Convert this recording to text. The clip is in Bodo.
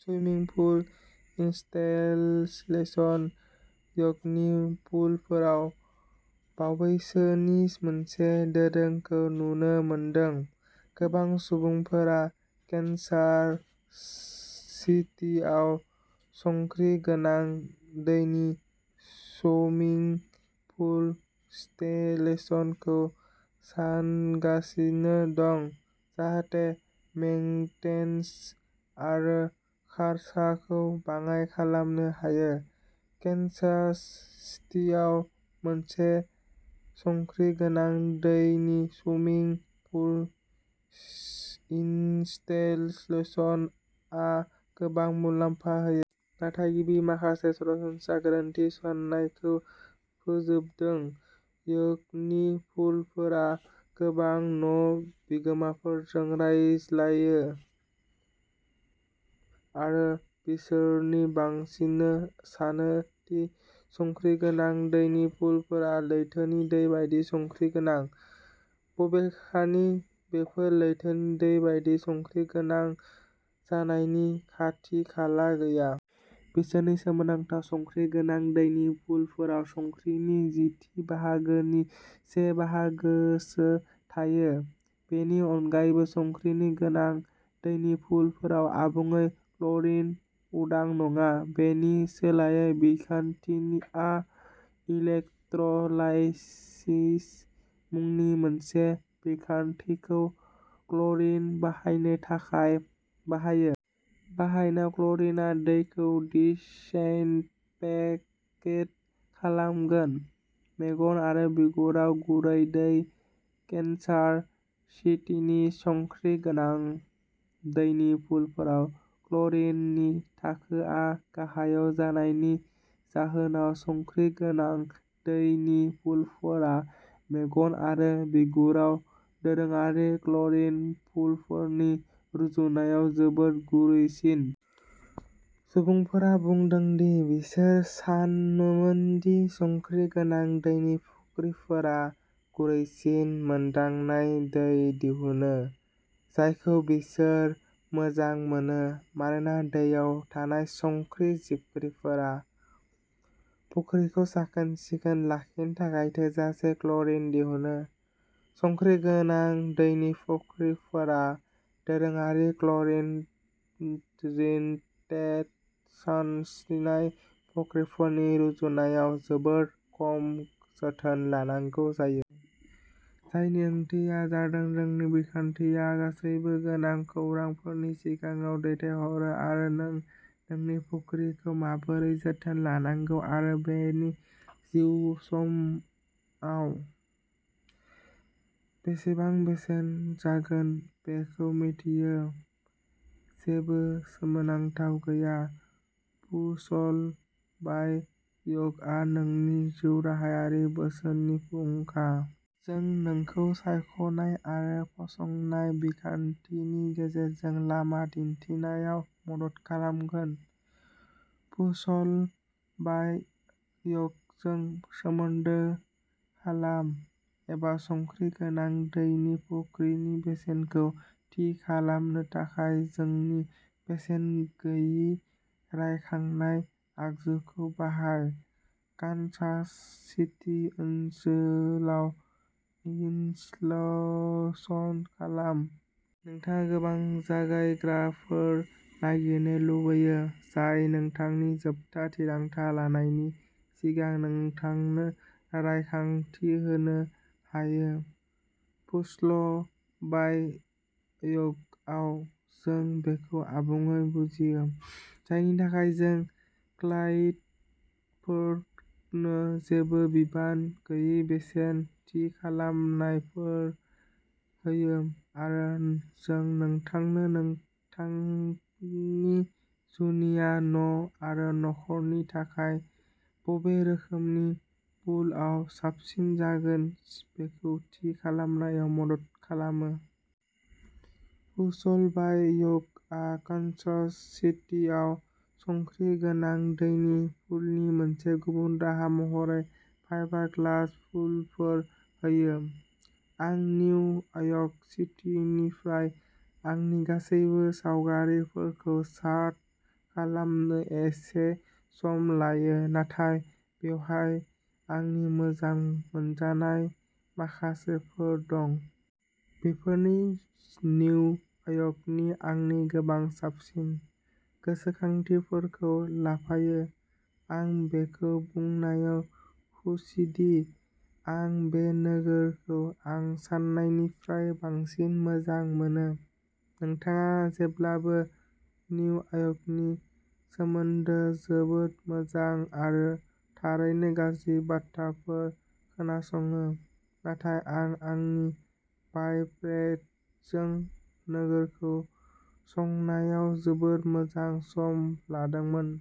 सुइमिं पुल इनस्टलेशन। यर्कनि पुलफोरा बावैसोनि मोनसे दोरोंखौ नुनो मोनदों। गोबां सुबुंफोरा केन्सास सिटीआव संख्रि गोनां दैनि स्विमिंग पुल इनस्टलेशनखौ सानगासिनो दं, जाहाथे मेंटेनन्स आरो खरसाखौ बाङाइ खालामनो हायो। केन्सास सिटीआव मोनसे संख्रि गोनां दैनि स्विमिंग पुल इनस्टलेशनआ गोबां मुलाम्फा होयो। नाथाय गिबि माखासे सरासनस्रा गोरोन्थि साननायखौ फोजोबदों। यर्कनि पुलफोरा गोबां न' बिगोमाफोरजों रायज्लायो आरो बिसोरनि बांसिनानो सानो दि संख्रि गोनां दैनि पुलफोरा लैथोनि दै बायदि संख्रि गोनां। बबेखानि बेफोर लैथोनि दै बायदि संख्रि गोनां जानायनि खाथि-खाला गैया। बिसोरनि सोमोनांथावै संख्रि गोनां दैनि पुलफोराव संख्रिनि जिथि बाहागोनि से बाहागोसो थायो। बेनि अनगायैबो संख्रि गोनां दैनि पुलफोरा आबुङै क्ल'रिन उदां नङा। बेनि सोलायै बिखान्थिया इलेक्ट्र'लाइसिस मुंनि मोनसे बिखान्थिखौ क्ल'रिन बाहायनो थाखाय बाहायो। बानायनाय क्ल'रिनआ दैखौ दिसइनफेक्ट खालामगोन। मेगन आरो बिगुराव गुरै दै। केन्सास सिटीनि संख्रि गोनां दैनि पुलफोराव क्ल'रिननि थाखोआ गाहाय जानायनि जाहोनाव संख्रि गोनां दैनि पुलफोराव मेगन आरो बिगुराव दोरोङारि क्ल'रिन पुलफोरनि रुजुनायाव जोबोद गुरैसिन। सुबुंफोरा बुंदों दि बिसोर सानोमोन दि संख्रि गोनां दैनि फुख्रिफोरा गुरैसिन मोनदांनाय दै दिहुनो, जायखौ बिसोर मोजां मोनो। मानोना दैयाव थानाय संख्रि जिबख्रिफोरा फुख्रिखौ साखोन-सिखोन लाखिनो थाखाय थोजासे क्ल'रिन दिहुनो। संख्रि गोनां दैनि फुख्रिफोरा दोरोङारि क्ल'रिनेटेड सानस्रिनाय फुख्रिफोरनि रुजुनायाव जोबोद खम जोथोन लानांगौ जायो। जायनि ओंथिया जादों जोंनि बिखान्थिया गासैबो गोनां खौरांफोरखौ सिगाङाव दैथायहरो आरो नों नोंनि फुख्रिखौ माबोरै जोथोन लानांगौ आरो बेनि जिउसमाव बेसेबां बेसेन जागोन बेखौ मिन्थियो। जेबो सोमोनांथाव गैया, पुल्स बाइ यर्कआ नोंनि जिउराहायारि बोसोननि फुंखा। जों नोंखौ सायख'नाय आरो फसंनाय बिखान्थिनि गेजेरजों लामा दिन्थिनायाव मदद खालामगोन। पुल्स बाइ यर्कजों सोमोन्दो खालाम एबा संख्रि गोनां दैनि फुख्रिनि बेसेनखौ थि खालामनो थाखाय जोंनि बेसेन गैयै रायखांनाय आगजुखौ बाहाय। कानसास सिटी ओनसोलाव इनस्टलेशन खालाम। नोंथाङा गोबां जगायग्राफोर नागिरनो लुगैयो जाय नोंथांनि जोबथा थिरांथा लानायनि सिगां नोंथांनो रायखांथि होनो हायो। पुल्स बाय यर्कआव जों बेखौ आबुङै बुजियो, जायनि थाखाय जों क्लाइन्टफोरनो जेबो बिबान गैयै बेसेन थि खालामनायफोर होयो आरो जों नोंथांनो नोंथांनि जुनिया न' आरो न'खरनि थाखाय बबे रोखोमनि पुलआ साबसिन जागोन बेखौ थि खालामनायाव मदद खालामो। पुल्स बाय यर्कआ कानसास सिटीआव संख्रि गोनां दैनि पुलनि मोनसे गुबुन राहा महरै फाइबारग्लास पुलफोर होयो। आं निउ यर्क सिटीनिफ्राय आंनि गासैबो सावगारिफोरखौ सार्ट खालामनो एसे सम लायो, नाथाय बेवहाय आंनि मोजां मोनजानाय माखासेफोर दं। बेफोरनि निउ यर्कनि आंनि गोबां साबसिन गोसोखांथिफोरखौ लाफायो। आं बेखौ बुंनायाव खुसिदि आं बे नोगोरखौ आं सान्नायनिफ्राय बांसिन मोजां मोनो। नोंथाङा जेब्लाबो निउ यर्कनि सोमोन्दै जोबोद मोजां आरो थारैनो गाज्रि बाथ्राफोर खोनासङो, नाथाय आं आंनि बायफ्रेन्डजों नोगोरखौ संनायाव जोबोद मोजां सम लादोंमोन।